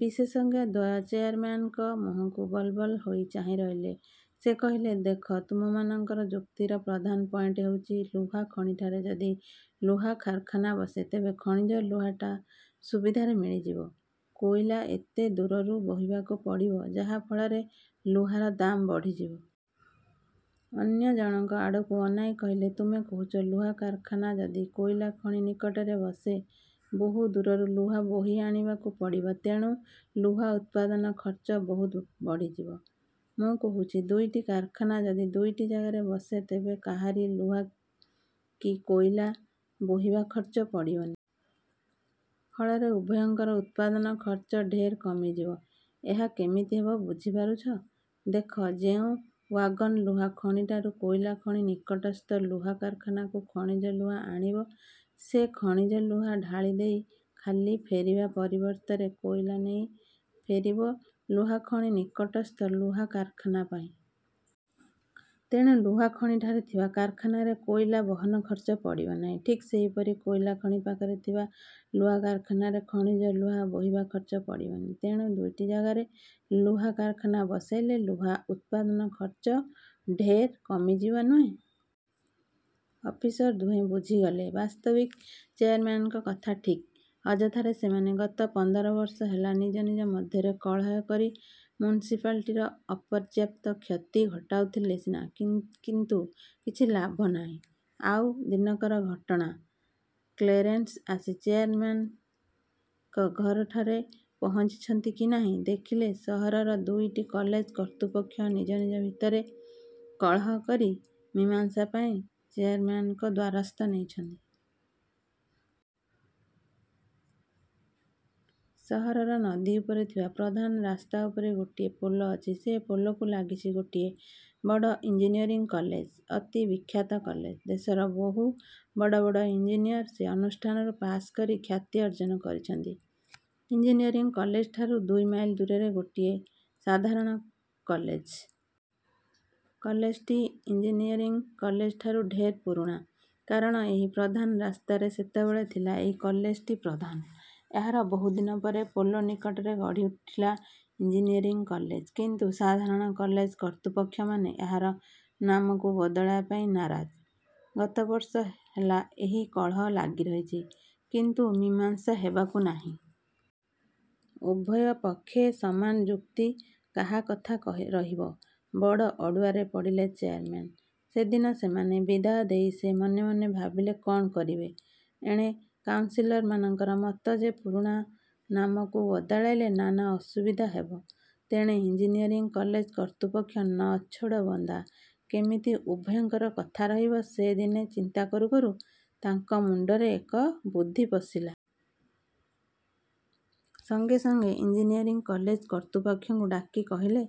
ବିଶେଷଜ୍ଞଦ୍ୱୟ ଚେୟାରମ୍ୟାନଙ୍କ ମୁହକୁ ବଲବଲ ହୋଇ ଚାହିଁ ରହିଲେ। ସେ କହିଲେ, 'ଦେଖ, ତୁମମାନଙ୍କର ଯୁକ୍ତିର ପ୍ରଧାନ ପଏଣ୍ଟ ହେଉଛି ଲୁହା ଖଣିଠାରେ ଯଦି ଲୁହା କାରଖାନା ବସେ ତେବେ ଖଣିଜ ଲୁହାଟା ସୁବିଧାରେ ମିଳିଯିବ। କୋଇଲା ଏତେ ଦୂରରୁ ବୋହିବାକୁ ପଡ଼ିବ ଯାହା ଫଳରେ ଲୁହାର ଦାମ ବଢ଼ିଯିବ। ଅନ୍ୟ ଜଣଙ୍କ ଆଡ଼କୁ ଅନାଇ କହିଲେ, 'ତୁମେ କହୁଛ ଲୁହା କାରଖାନା ଯଦି କୋଇଲାଖଣିନିକଟରେ ବସେ ବହୁ ଦୂରରୁ ଲୁହା ବୋହି ଆଣିବାକୁ ପଡ଼ିବ ତେଣୁ ଲୁହା ଉତ୍ପାଦନ ଖର୍ଚ୍ଚ ବହୁତ ବଢ଼ିଯିବ। ମୁଁ କହୁଛି ଦୁଇଟି କାରଖାନା ଯଦି ଦୁଇଟି ଜାଗାରେ ବସେ ତେବେ କାହାରି ଲୁହା କି କୋଇଲା ବୋହିବା ଖର୍ଚ୍ଚ ପଡ଼ିବନି। ଫଳରେ ଉଭୟଙ୍କର ଉତ୍ପାଦନ ଖର୍ଚ୍ଚ ଢେର କମିଯିବ। ଏହା କେମିତି ହେବ ବୁଝିପାରୁଛ? ଦେଖ ଯେଉଁ ଓ୍ୟାଗନ ଲୁହା ଖଣିଠାରୁ କୋଇଲାଖଣିନିକଟସ୍ଥ ଲୁହା କାରଖାନାକୁ ଖଣିଜ ଲୁହା ଆଣିବ ସେ ଖଣିଜ ଲୁହା ଢାଳି ଦେଇ ଖାଲି ଫେରିବା ପରିବର୍ତ୍ତରେ କୋଇଲା ନେଇ ଫେରିବ ଲୁହା ଖଣି ନିକଟସ୍ଥ ଲୁହା କାରଖାନା ପାଇଁ। ତେଣୁ ଲୁହା ଖଣିଠାରେ ଥିବା କାରଖାନାର କୋଇଲା ବହନ ଖର୍ଚ୍ଚ ପଡ଼ିବ ନାହିଁ। ଠିକ୍ ସେହିପରି କୋଇଲା ଖଣି ପାଖରେ ଥିବା ଲୁହା କାରଖାନାର ଖଣିଜ ଲୁହା ବୋହିବା ଖର୍ଚ୍ଚ ପଡ଼ିବନି। ତେଣୁ ଦୁଇଟି ଯାଗାରେ ଲୁହା କାରଖାନା ବସାଇଲେ ଲୁହା ଉତ୍ପାଦନ ଖର୍ଚ୍ଚ ଢେର କମିଯିବ, ନୁହେଁ? ଅଫିସର ଦୁହେଁ ବୁଝିଗଲେ। ବାସ୍ତବିକ୍ ଚେୟାରମେନଙ୍କ କଥା ଠିକ୍। ଅଯଥାରେ ସେମାନେ ଗତ ପନ୍ଦର ବର୍ଷ ହେଲା ନିଜ ନିଜ ମଧ୍ୟରେ କଳହ କରି ମ୍ୟୁନିସିପାଲିଟିର ଅପର୍ଯ୍ୟାପ୍ତ କ୍ଷତି ଘଟାଉଥିଲେ ସିନା, କିନ୍ତୁ କିଛି ଲାଭ ନାହିଁ। ଆଉ ଦିନକର ଘଟଣା କ୍ଳେରେନସ୍ ଆସି ଚେୟାରମେନ୍ଙ୍କ ଘରଠାରେ ପହଞ୍ଚିଛନ୍ତି କି ନାହିଁ, ଦେଖିଲେ ସହରର ଦୁଇଟି କଲେଜର କର୍ତ୍ତୁପକ୍ଷ ନିଜ ନିଜ ଭିତରେ କଳହ କରି ମୀମାଂସା ପାଇଁ ଚେୟାରମେନଙ୍କ ଦ୍ୱାରସ୍ଥ ନେଇଛନ୍ତି। ସହରର ନଦୀ ଉପରେ ଥିବା ପ୍ରଧାନ ରାସ୍ତା ଉପରେ ଗୋଟିଏ ପୋଲ ଅଛି। ସେ ପୋଲକୁ ଲାଗିଛି ଗୋଟିଏ ବଡ଼ ଇଞ୍ଜିନିୟରିଂ କଲେଜ ଅତି ବିଖ୍ୟାତ କଲେଜ। ଦେଶର ବହୁ ବଡ଼ ବଡ଼ ଇଂଜିନିଅର ସେ ଅନୁଷ୍ଠାନରୁ ପାଶ କରି ଖ୍ୟାତି ଅର୍ଜ୍ଜନ କରିଛନ୍ତି। ଇଞ୍ଜିନିୟରିଂ କଲେଜଠାରୁ ଦୁଇ ମାଇଲ ଦୂରରେ ଗୋଟିଏ ସାଧାରଣ କଲେଜ। କଲେଜଟି ଇଂଜିନିଅରିଂ କଲେଜଠାରୁ ଢେର ପୁରୁଣା। କାରଣ ଏହି ପ୍ରଧାନ ରାସ୍ତାରେ ସେତେବେଳେ ଥିଲା ଏହି କଲେଜଟି ପ୍ରଧାନ। ଏହାର ବହୁଦିନ ପରେ ପୋଲଟିନିକଟରେ ଗଢ଼ି ଉଠିଲା ଇଂଜିନିଅରିଂ କଲେଜ କିନ୍ତୁ ସାଧାରଣ କଲେଜ କର୍ତ୍ତୃପକ୍ଷମାନେ ଏହାର ନାମକୁ ବଦଳାଇବା ପାଇଁ ନାରାଜ। ଗତ ବର୍ଷ ହେଲା ଏହି କଳହ ଲାଗି ରହିଛି; କିନ୍ତୁ ମୀମାଂସା ହେବାକୁ ନାହିଁ। ଉଭୟ ପକ୍ଷେ ସମାନ ଯୁକ୍ତି, କାହା କଥା କହି ରହିବ। ବଡ଼ ଅଡ଼ୁଆରେ ପଡ଼ିଲେ ଚେୟାରମେନ। ସେଦିନ ସେମାନେ ବିଦାୟ ଦେଇ ସେ ମନେ ମନେ ଭାବିଲେ କ'ଣ କରିବେ। ଏଣେ କାଉନସିଲରମାନଙ୍କର ମତ ଯେ ପୁରୁଣା ନାମକୁ ବଦଳାଇଲେ ନାନା ଅସୁବିଧା ହେବ ତେଣେ ଇଂଜିନିଅରିଂ କଲେଜ କର୍ତ୍ତୃପକ୍ଷ ନ ଛୋଡ଼ ବନ୍ଦା କେମିତି ଉଭୟଙ୍କର କଥା ରହିବ ସେ ଦିନେ ଚିନ୍ତା କରୁ କରୁ ତାଙ୍କ ମୁଣ୍ଡରେ ଏକ ବୁଦ୍ଧି ପଶିଲା। ସଙ୍ଗେ ସଙ୍ଗେ ଇଂଜିନିଅରିଂ କଲେଜ କର୍ତ୍ତୃପକ୍ଷଙ୍କୁ ଡାକି କହିଲେ,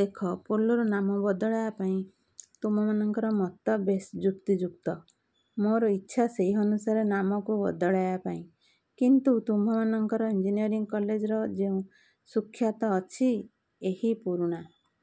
ଦେଖ, ପୋଲର ନାମ ବଦଳାଇବା ପାଇଁ ତୁମମାନଙ୍କର ମତ ବେଶ ଯୁକ୍ତି ଯୁକ୍ତ। ମୋର ଇଚ୍ଛା ସେହି ଅନୁସାରେ ନାମକୁ ବଦଳାଇବା ପାଇଁ। କିନ୍ତୁ ତୁମ୍ଭମାନଙ୍କର ଇଂଜିନିଅରିଂ କଲେଜର ଯେଉଁ ସୁଖ୍ୟାତ ଅଛି ଏହି ପୁରୁଣା